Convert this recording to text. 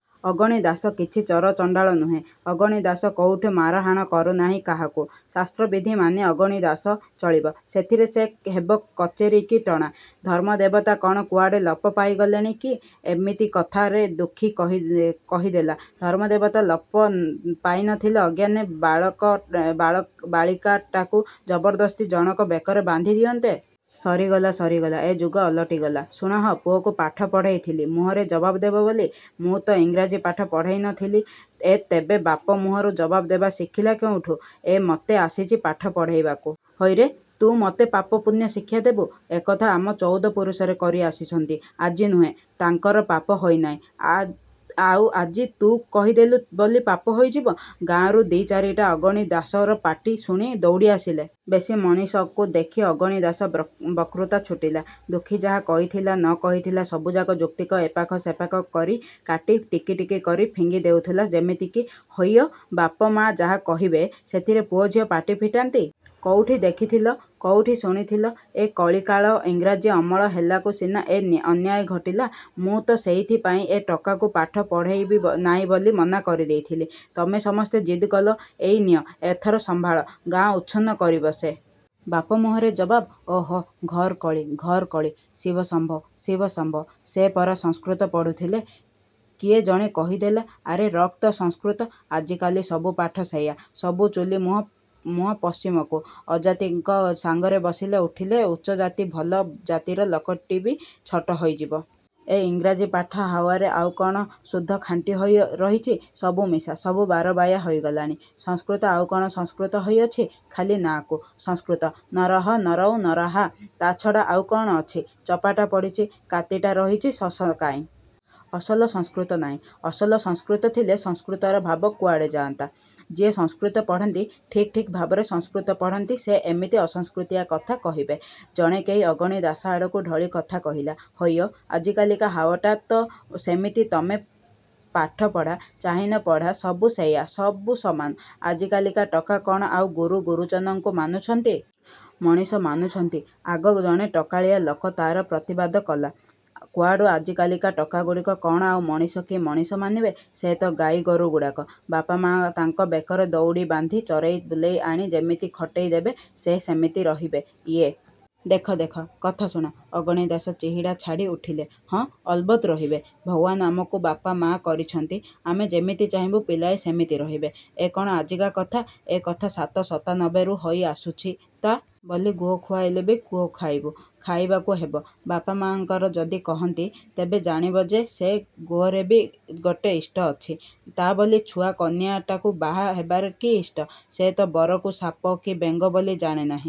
ଅଗଣି ଦାଶ କିଛି ଚର ଚଣ୍ଡାଳ ନୁହେଁ। ଅଗଣି ଦାଶ କୋଉଠି ମାରହାଣ କରୁନାହିଁ କାହାକୁ। ଶାସ୍ତ୍ର ବିଧି ମାନି ଅଗଣି ଦାଶ ଚଳିବ, ସେଥିରେ ସେ ହେବ କଚେରିକି ଟଣା? ଧର୍ମଦେବତା କ'ଣ କୁଆଡ଼େ ଲୋପ ପାଇଗଲେଣି କି?ଏମିତି କଥାରେ ଦୁଃଖୀ କହିଲେ କହିଦେଲା ଧର୍ମଦେବତା ଲୋପ ପାଇ ନଥିଲେ ଅଜ୍ଞାନ ବାଳକ ବାଳ ବାଳିକାଟାକୁ ଜବରଦସ୍ତି ଜଣକ ବେକରେ ବାନ୍ଧି ଦିଅନ୍ତେ। ସରିଗଲା, ସରିଗଲା, ଏ ଯୁଗ ଓଲଟିଗଲା। ଶୁଣ ହୋ, ପୁଅକୁ ପାଠ ପଢ଼େଇଥିଲି, ମୁହଁରେ ଜବାବ ଦେବ ବୋଲି। ମୁଁ ତ ଇଂରାଜୀ ପାଠ ପଢ଼େଇ ନଥିଲି, ଏ ତେବେ ବାପ ମୁହଁରେ ଜବାବ ଦେବା ଶିଖିଲା କେଉଁଠୁ? ଏ ମୋତେ ଆସିଛି ପାଠ ପଢ଼େଇବାକୁ। ହଇରେ, ତୁ ମୋତେ ପାପ ପୁଣ୍ୟ ଶିକ୍ଷା ଦେବୁ? ଏକଥା ଆମ ଚଉଦ ପୁରୁଷରେ କରି ଆସିଛନ୍ତି, ଆଜି ନୁହେଁ। ତାଙ୍କର ପାପ ହୋଇନାହିଁ, ଆ ଆଉ ଆଜି ତୁ କହିଦେଲୁ ବୋଲି ପାପ ହୋଇଯିବ। ଗାଁରୁ ଦି' ଚାରୀଟା ଅଗଣି ଦାଶର ପାଟି ଶୁଣି ଦଉଡ଼ି ଆସିଲେ। ବେଶି ମଣିଷଙ୍କୁ ଦେଖି ଅଗଣି ଦାଶର ବକ୍ ବକୃତା ଛୁଟିଲା। ଦୁଃଖୀ ଯାହା କହିଥିଲା, ନ କହିଥିଲା ସବୁଯାକ ଯୁକ୍ତିକି ଏପାଖ ସେପାଖ କରି କାଟି ଟିକିଟିକି କରି ଫିଙ୍ଗି ଦେଉଥିଲା ଯେମିତିକୀ ହଇ ହୋ, ବାପ ମା' ଯାହା କହିବେ, ସେଥିରେ ପୁଅ ଝିଅ ପାଟି ଫିଟାନ୍ତି? କୋଉଠି ଦେଖିଥିଲ? କୋଉଠି ଶୁଣିଥିଲ? ଏ କଳିକାଳ ଇଂରାଜୀ ଅମଳ ହେଲାକୁ ସିନା ଏ ଅନ୍ୟାୟ ଘୋଟିଲା। ମୁଁ ତ ସେଇଥିପାଇଁ ଏ ଟୋକାକୁ ପାଠ ପଢ଼େଇବି ନାହିଁ ବୋଲି ମନା କରିଦେଇଥିଲି। ତମେ ସମସ୍ତେ ଜିଦ୍ କଲ, ଏଇ ନିଅ, ଏଥର ସମ୍ଭାଳ। ଗାଁ ଉଚ୍ଛନ୍ନ କରିବ ସେ। ବାପ ମୁହଁରେ ଜବାବ। ଓହୋ, ଘୋର କଳି, ଘୋର କଳି, ଶିବ ଶମ୍ଭୋ, ଶିବ ଶମ୍ଭୋ। ସେ ପରା ସଂସ୍କୃତ ପଢ଼ୁଥିଲେ କିଏ ଜଣେ କହିଦେଲା। ଆରେ ରଖ ତୋ ସଂସ୍କୃତ। ଆଜିକାଲି ସବୁ ପାଠ ସେଇୟା, ସବୁ ଚୁଲି ମୁହଁ ମୁହଁ ପଶ୍ଚିମକୁ, ଅଜାତିଙ୍କ ସାଙ୍ଗରେ ବସିଲେ ଉଠିଲେ ଉଚ୍ଚ ଜାତି ଭଲ ଜାତିର ଲୋକଟିବି ଛୋଟ ହୋଇଯିବ। ଏ ଇଂରାଜୀ ପାଠ ହାୱାରେ ଆଉ କ'ଣ ଶୁଦ୍ଧ ଖାଣ୍ଟି ହୋଇ ରହିଛି? ସବୁ ମିଶା, ସବୁ ବାରବାଇଆ ହୋଇଗଲାଣି। ସଂସ୍କୃତ ଆଉ କ'ଣ ସଂସ୍କୃତ ହୋଇଅଛି? ଖାଲି ନାଆଁକୁ? ସଂସ୍କୃତ, ନରଃ ନରୌ ନରାଃ, ତା' ଛଡ଼ା ଆଉ କଣ ଅଛି? ଚୋପାଟା ପଡ଼ିଛି, କାତିଟା ରହିଛି, ଶଶ କାହିଁ? ଅସଲ ସଂସ୍କୃତ ନାହିଁ, ଅସଲ ସଂସ୍କୃତ ଥିଲେ ସଂସ୍କୃତର ଭାବ କୁଆଡ଼େ ଯାଆନ୍ତା। ଯିଏ ସଂସ୍କୃତ ପଢ଼ନ୍ତି, ଠିକ୍ ଠିକ୍ ଭାବରେ ସଂସ୍କୃତ ପଢ଼ନ୍ତି ସେ ଏମିତି ଅସଂସ୍କୃତିଆ କଥା କହିବେ ଜଣେ କେହି ଅଗଣି ଦାଶ ଆଡ଼କୁ ଢଳି କଥା କହିଲା ହଇ ହୋ, ଆଜିକାଲିକା ହାୱାଟା ତ ସେମିତି, ତେମେ ପାଠ ପଢ଼ା, ଚାହିଁନ ପଢ଼ା, ସବୁ ସେଇୟା, ସବୁ ସମାନ, ଆଜିକାଲିକା ଟୋକା କ'ଣ ଆଉ ଗୁରୁ ଗୁରୁଜନଙ୍କୁ ମାନୁଛନ୍ତି? ମଣିଷ ମାନୁଛନ୍ତି ଆଗ ଜଣେ ଟୋକାଳିଆ ଲୋକ ତା'ର ପ୍ରତିବାଦ କଲା କୁଆଡ଼ୁ, ଆଜିକାଲିକା ଟୋକାଗୁଡ଼ାକ କ'ଣ ଆଉ ମଣିଷ କି ମଣିଷ ମାନିବେ। ସେ ତ ଗାଈ ଗୋରୁଗୁଡ଼ାକ। ବାପ ମା' ତାଙ୍କ ବେକରେ ଦଉଡ଼ି ବାନ୍ଧି ଚରେଇ ବୁଲେଇ ଆଣି ଯେମିତି ଖଟେଇ ଦେବେ ସେ ସେମିତି ରହିବେ। ଏଇ ଦେଖ ଦେଖ, କଥା ଶୁଣ। ଅଗଣି ଦାଶ ଚିହିଡ଼ା ଛାଡ଼ି ଉଠିଲେ ହଁ, ଅଲବତ୍ ରହିବେ। ଭଗବାନ୍ ଆମକୁ ବାପ ମା' କରିଛନ୍ତି, ଆମେ ଯେମିତି ଚାହିଁବୁ ପିଲାଏ ସେମିତି ରହିବେ। ଏ କ'ଣ ଆଜିକା କଥା? ଏ କଥା ସାତ ସତାନବେରୁ ହୋଇ ଆସୁଛି। ତା' ବୋଲି ଘୁଅ ଖୋଇଲେବି ଗୁହ ଖାଇବୁ? ଖାଇବାକୁ ହେବ। ବାପ ମା' ଖାଇବାକୁ ଯଦି କହନ୍ତି, ତେବେ ଜାଣିବ ଯେ ସେ ଗୁହରେବି ଗୋଟେ ଇଷ୍ଟ ଅଛି। ତା' ବୋଲି ଛୁଆ କନିଆଟାକୁ ବାହା ହେବାରେ କି ଇଷ୍ଟ, ସେ ତ ବରକୁ ସାପ କି ବେଙ୍ଗ ବୋଲି ଜାଣେ ନାହିଁ।